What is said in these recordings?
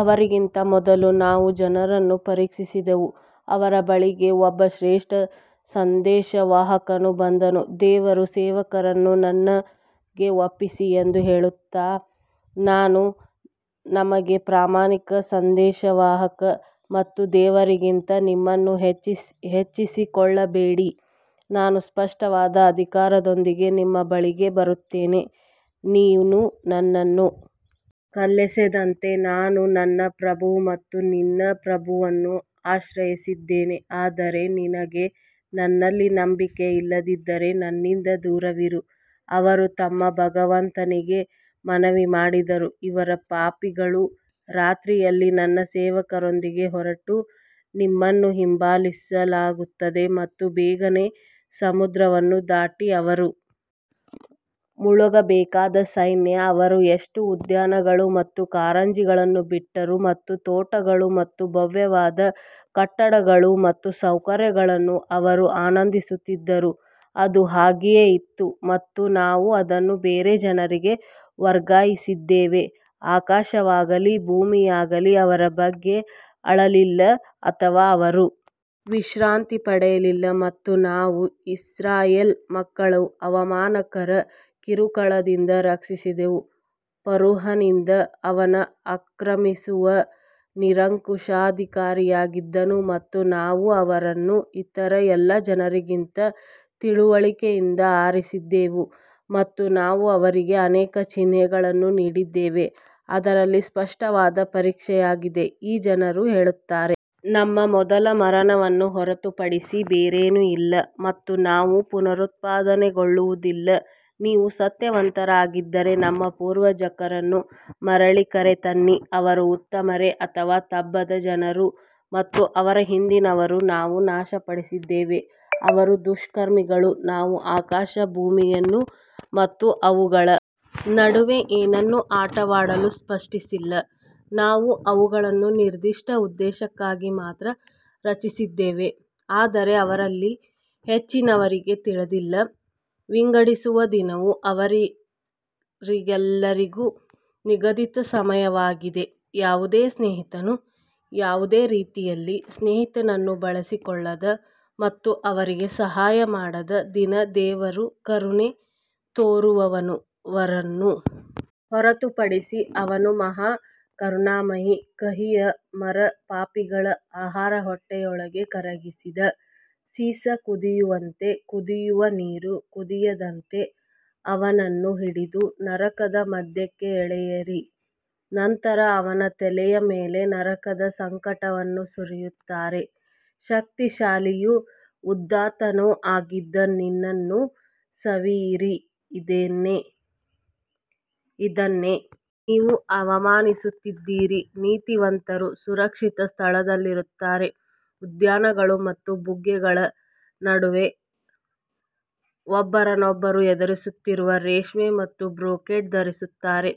ಅವರಿಗಿಂತ ಮೊದಲು ನಾವು ಜನರನ್ನು ಪರೀಕ್ಷಿಸಿದೆವು ಅವರ ಬಳಿಗೆ ಒಬ್ಬ ಶ್ರೇಷ್ಠ ಸಂದೇಶವಾಹಕನು ಬಂದನು ದೇವರ ಸೇವಕರನ್ನು ನನಗೆ ಒಪ್ಪಿಸಿ ಎಂದು ಹೇಳುತ್ತಾ ನಾನು ನಿಮಗೆ ಪ್ರಾಮಾಣಿಕ ಸಂದೇಶವಾಹಕ ಮತ್ತು ದೇವರಿಗಿಂತ ನಿಮ್ಮನ್ನು ಹೆಚ್ಚಿಸಿಕೊಳ್ಳಬೇಡಿ, ನಾನು ಸ್ಪಷ್ಟವಾದ ಅಧಿಕಾರದೊಂದಿಗೆ ನಿಮ್ಮ ಬಳಿಗೆ ಬರುತ್ತೇನೆ ನೀನು ನನ್ನನ್ನು ಕಲ್ಲೆಸೆಯದಂತೆ ನಾನು ನನ್ನ ಪ್ರಭು ಮತ್ತು ನಿನ್ನ ಪ್ರಭುವನ್ನು ಆಶ್ರಯಿಸಿದ್ದೇನೆ ಆದರೆ ನಿನಗೆ ನನ್ನಲ್ಲಿ ನಂಬಿಕೆ ಇಲ್ಲದಿದ್ದರೆ ನನ್ನಿಂದ ದೂರವಿರು ಅವರು ತಮ್ಮ ಭಗವಂತನಿಗೆ ಮನವಿ ಮಾಡಿದರು ಇವರು ಪಾಪಿಗಳು ರಾತ್ರಿಯಲ್ಲಿ ನನ್ನ ಸೇವಕರೊಂದಿಗೆ ಹೊರಟು, ನಿಮ್ಮನ್ನು ಹಿಂಬಾಲಿಸಲಾಗುತ್ತದೆ ಮತ್ತು ಬೇಗನೆ ಸಮುದ್ರವನ್ನು ದಾಟಿ ಅವರು ಮುಳುಗಬೇಕಾದ ಸೈನ್ಯ ಅವರು ಎಷ್ಟು ಉದ್ಯಾನಗಳು ಮತ್ತು ಕಾರಂಜಿಗಳನ್ನು ಬಿಟ್ಟರು ಮತ್ತು ತೋಟಗಳು ಮತ್ತು ಭವ್ಯವಾದ ಕಟ್ಟಡಗಳು ಮತ್ತು ಸೌಕರ್ಯಗಳನ್ನು ಅವರು ಆನಂದಿಸುತ್ತಿದ್ದರು ಅದು ಹಾಗೆಯೇ ಇತ್ತು ಮತ್ತು ನಾವು ಅದನ್ನು ಬೇರೆ ಜನರಿಗೆ ವರ್ಗಾಯಿಸಿದ್ದೇವೆ ಆಕಾಶವಾಗಲಿ ಭೂಮಿಯಾಗಲಿ ಅವರ ಬಗ್ಗೆ ಅಳಲಿಲ್ಲ ಅಥವಾ ಅವರು ವಿಶ್ರಾಂತಿ ಪಡೆಯಲಿಲ್ಲ ಮತ್ತು ನಾವು ಇಸ್ರಾಯೇಲ್ ಮಕ್ಕಳನ್ನು ಅವಮಾನಕರ ಕಿರುಕುಳದಿಂದ ರಕ್ಷಿಸಿದೆವು ಫರೋಹನಿಂದ ಅವನು ಅತಿಕ್ರಮಿಸುವ ನಿರಂಕುಶಾಧಿಕಾರಿಯಾಗಿದ್ದನು ಮತ್ತು ನಾವು ಅವರನ್ನು ಇತರ ಎಲ್ಲ ಜನರಿಗಿಂತ ತಿಳುವಳಿಕೆಯಿಂದ ಆರಿಸಿದ್ದೇವೆ ಮತ್ತು ನಾವು ಅವರಿಗೆ ಅನೇಕ ಚಿಹ್ನೆಗಳನ್ನು ನೀಡಿದ್ದೇವೆ, ಅದರಲ್ಲಿ ಸ್ಪಷ್ಟವಾದ ಪರೀಕ್ಷೆಯಾಗಿದೆ ಈ ಜನರು ಹೇಳುತ್ತಾರೆ ನಮ್ಮ ಮೊದಲ ಮರಣವನ್ನು ಹೊರತುಪಡಿಸಿ ಬೇರೇನೂ ಇಲ್ಲ ಮತ್ತು ನಾವು ಪುನರುತ್ಥಾನಗೊಳ್ಳುವುದಿಲ್ಲ ನೀವು ಸತ್ಯವಂತರಾಗಿದ್ದರೆ ನಮ್ಮ ಪೂರ್ವಜರನ್ನು ಮರಳಿ ಕರೆತನ್ನಿ ಅವರು ಉತ್ತಮರೇ ಅಥವಾ ತುಬ್ಬದ ಜನರು ಮತ್ತು ಅವರ ಹಿಂದಿನವರನ್ನು ನಾವು ನಾಶಪಡಿಸಿದ್ದೇವೆ ಅವರು ದುಷ್ಕರ್ಮಿಗಳು ನಾವು ಆಕಾಶ ಮತ್ತು ಭೂಮಿಯನ್ನು ಮತ್ತು ಅವುಗಳ ನಡುವೆ ಏನನ್ನು ಆಟವಾಡಲು ಸೃಷ್ಟಿಸಿಲ್ಲ ನಾವು ಅವುಗಳನ್ನು ನಿರ್ದಿಷ್ಟ ಉದ್ದೇಶಕ್ಕಾಗಿ ಮಾತ್ರ ರಚಿಸಿದ್ದೇವೆ ಆದರೆ ಅವರಲ್ಲಿ ಹೆಚ್ಚಿನವರಿಗೆ ತಿಳಿದಿಲ್ಲ ವಿಂಗಡಿಸುವ ದಿನವು ಅವರೆಲ್ಲರಿಗೂ ನಿಗದಿತ ಸಮಯವಾಗಿದೆ ಯಾವುದೇ ಸ್ನೇಹಿತನು ಯಾವುದೇ ರೀತಿಯಲ್ಲಿ ಸ್ನೇಹಿತನನ್ನು ಬಳಸಿಕೊಳ್ಳದ ಮತ್ತು ಅವರಿಗೆ ಸಹಾಯ ಮಾಡದ ದಿನ ದೇವರು ಕರುಣೆ ತೋರುವವರನ್ನು ಹೊರತುಪಡಿಸಿ ಅವನು ಮಹಾ ಕರುಣಾಮಯಿ ಕಹಿಯ ಮರ ಪಾಪಿಗಳ ಆಹಾರ ಹೊಟ್ಟೆಯೊಳಗೆ ಕರಗಿದ ಸೀಸ ಕುದಿಯುವಂತೆ ಕುದಿಯುವ ನೀರು ಕುದಿದಂತೆ ಅವನನ್ನು ಹಿಡಿದು ನರಕದ ಮಧ್ಯಕ್ಕೆ ಎಳೆಯಿರಿ ನಂತರ ಅವನ ತಲೆಯ ಮೇಲೆ ನರಕದ ಸಂಕಟವನ್ನು ಸುರಿಯುತ್ತಾರೆ ಶಕ್ತಿಶಾಲಿಯೂ ಉದಾತ್ತನೂ ಆಗಿದ್ದ ನಿನ್ನನ್ನು ಸವಿಯಿರಿ ಇದನ್ನೇ ನೀವು ಅನುಮಾನಿಸುತ್ತಿದ್ದೀರಿ ನೀತಿವಂತರು ಸುರಕ್ಷಿತ ಸ್ಥಳದಲ್ಲಿರುತ್ತಾರೆ ಉದ್ಯಾನಗಳು ಮತ್ತು ಬುಗ್ಗೆಗಳ ನಡುವೆ ಒಬ್ಬರನ್ನೊಬ್ಬರು ಎದುರಿಸುತ್ತಿರುವ ರೇಷ್ಮೆ ಮತ್ತು ಬ್ರೊಕೇಡ್ ಧರಿಸುತ್ತಾರೆ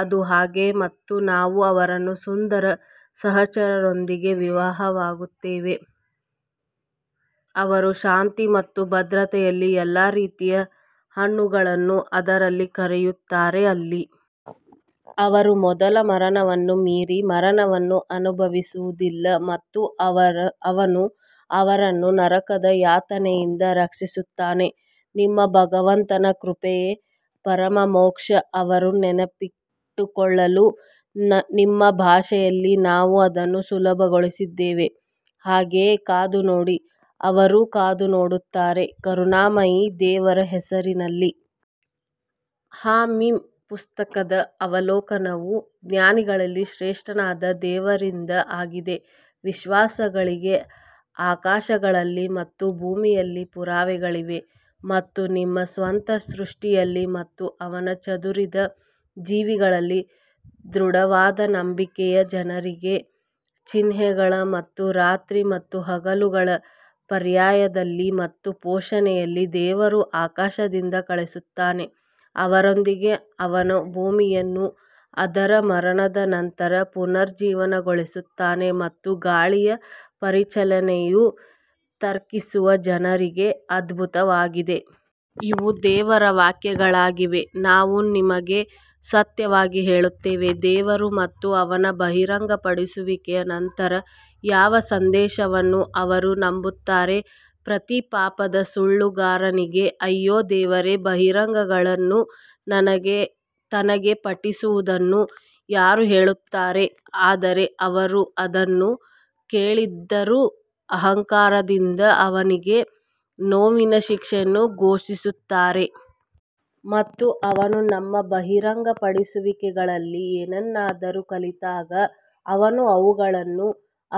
ಅದು ಹಾಗೆಯೇ ಮತ್ತು ನಾವು ಅವರನ್ನು ಸುಂದರ ಸಹಚರರೊಂದಿಗೆ ವಿವಾಹವಾಗುತ್ತೇವೆ ಅವರು ಶಾಂತಿ ಮತ್ತು ಭದ್ರತೆಯಲ್ಲಿ ಎಲ್ಲಾ ರೀತಿಯ ಹಣ್ಣುಗಳನ್ನು ಅದರಲ್ಲಿ ಕರೆಯುತ್ತಾರೆ ಅಲ್ಲಿ ಅವರು ಮೊದಲ ಮರಣವನ್ನು ಮೀರಿ ಮರಣವನ್ನು ಅನುಭವಿಸುವುದಿಲ್ಲ ಮತ್ತು ಅವನು ಅವರನ್ನು ನರಕದ ಯಾತನೆಯಿಂದ ರಕ್ಷಿಸುತ್ತಾನೆ ನಿಮ್ಮ ಭಗವಂತನ ಕೃಪೆಯೇ ಪರಮ ಮೋಕ್ಷ ಅವರು ನೆನಪಿಟ್ಟುಕೊಳ್ಳಲು ನಿಮ್ಮ ಭಾಷೆಯಲ್ಲಿ ನಾವು ಅದನ್ನು ಸುಲಭಗೊಳಿಸಿದ್ದೇವೆ ಹಾಗಾಗಿ ಕಾದು ನೋಡಿ ಅವರೂ ಕಾದು ನೋಡುತ್ತಿದ್ದಾರೆ ಕರುಣಾಮಯಿ ದೇವರ ಹೆಸರಿನಲ್ಲಿ ಹಾ ಮೀಮ್ ಪುಸ್ತಕದ ಅವಲೋಕನವು ಜ್ಞಾನಿಗಳಲ್ಲಿ ಶ್ರೇಷ್ಠನಾದ ದೇವರಿಂದ ಆಗಿದೆ ವಿಶ್ವಾಸಿಗಳಿಗೆ ಆಕಾಶಗಳಲ್ಲಿ ಮತ್ತು ಭೂಮಿಯಲ್ಲಿ ಪುರಾವೆಗಳಿವೆ ಮತ್ತು ನಿಮ್ಮ ಸ್ವಂತ ಸೃಷ್ಟಿಯಲ್ಲಿ ಮತ್ತು ಅವನು ಚದುರಿದ ಜೀವಿಗಳಲ್ಲಿ ದೃಢವಾದ ನಂಬಿಕೆಯ ಜನರಿಗೆ ಚಿಹ್ನೆಗಳು ಮತ್ತು ರಾತ್ರಿ ಮತ್ತು ಹಗಲುಗಳ ಪರ್ಯಾಯದಲ್ಲಿ ಮತ್ತು ಪೋಷಣೆಯಲ್ಲಿ ದೇವರು ಆಕಾಶದಿಂದ ಕಳುಹಿಸುತ್ತಾನೆ, ಅದರೊಂದಿಗೆ ಅವನು ಭೂಮಿಯನ್ನು ಅದರ ಮರಣದ ನಂತರ ಪುನರುಜ್ಜೀವನಗೊಳಿಸುತ್ತಾನೆ ಮತ್ತು ಗಾಳಿಯ ಪರಿಚಲನೆಯು ತರ್ಕಿಸುವ ಜನರಿಗೆ ಅದ್ಭುತವಾಗಿದೆ. ಇವು ದೇವರ ವಾಕ್ಯಗಳಾಗಿವೆ, ನಾವು ನಿಮಗೆ ಸತ್ಯವಾಗಿ ಹೇಳುತ್ತೇವೆ, ದೇವರು ಮತ್ತು ಅವನ ಬಹಿರಂಗಪಡಿಸುವಿಕೆಯ ನಂತರ ಯಾವ ಸಂದೇಶವನ್ನು ಅವರು ನಂಬುತ್ತಾರೆ ಪ್ರತಿ ಪಾಪದ ಸುಳ್ಳುಗಾರನಿಗೆ ಅಯ್ಯೋ ದೇವರ ಬಹಿರಂಗಗಳನ್ನು ತನಗೆ ಪಠಿಸುವುದನ್ನು ಯಾರು ಕೇಳುತ್ತಾರೆ, ಆದರೆ ಅವರು ಅದನ್ನು ಕೇಳದಿದ್ದರೂ ಅಹಂಕಾರದಿಂದ ಅವನಿಗೆ ನೋವಿನ ಶಿಕ್ಷೆಯನ್ನು ಘೋಷಿಸುತ್ತಾರೆ. ಮತ್ತು ಅವನು ನಮ್ಮ ಬಹಿರಂಗಪಡಿಸುವಿಕೆಗಳಲ್ಲಿ ಏನನ್ನಾದರೂ ಕಲಿತಾಗ ಅವನು ಅವುಗಳನ್ನು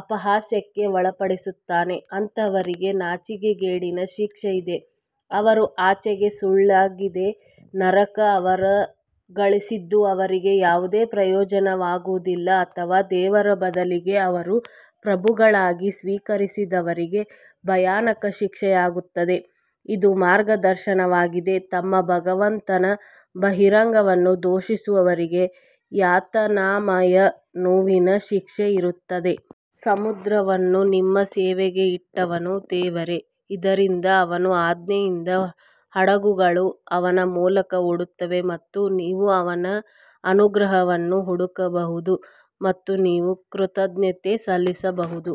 ಅಪಹಾಸ್ಯಕ್ಕೆ ಒಳಪಡಿಸುತ್ತಾನೆ, ಅಂತಹವರಿಗೆ ನಾಚಿಕೆಗೇಡಿನ ಶಿಕ್ಷೆ ಇದೆ. ಅವರ ಆಚೆಗೆ ಸುಳ್ಳಾಗಿದೆ ನರಕ ಅವರು ಗಳಿಸಿದ್ದು ಅವರಿಗೆ ಯಾವುದೇ ಪ್ರಯೋಜನವಾಗುವುದಿಲ್ಲ ಅಥವಾ ದೇವರ ಬದಲಿಗೆ ಅವರು ಪ್ರಭುಗಳಾಗಿ ಸ್ವೀಕರಿಸಿದವರಿಗೆ ಭಯಾನಕ ಶಿಕ್ಷೆಯಾಗುತ್ತದೆ. ಇದು ಮಾರ್ಗದರ್ಶನವಾಗಿದೆ ತಮ್ಮ ಭಗವಂತನ ಬಹಿರಂಗವನ್ನು ದೂಷಿಸುವವರಿಗೆ ಯಾತನಾಮಯ ನೋವಿನ ಶಿಕ್ಷೆ ಇರುತ್ತದೆ. ಸಮುದ್ರವನ್ನು ನಿಮ್ಮ ಸೇವೆಗೆ ಇಟ್ಟವನು ದೇವರೇ, ಇದರಿಂದ ಅವನ ಆಜ್ಞೆಯಿಂದ ಹಡಗುಗಳು ಅದರ ಮೂಲಕ ಓಡುತ್ತವೆ ಮತ್ತು ನೀವು ಅವನ ಅನುಗ್ರಹವನ್ನು ಹುಡುಕಬಹುದು ಮತ್ತು ನೀವು ಕೃತಜ್ಞತೆ ಸಲ್ಲಿಸಬಹುದು.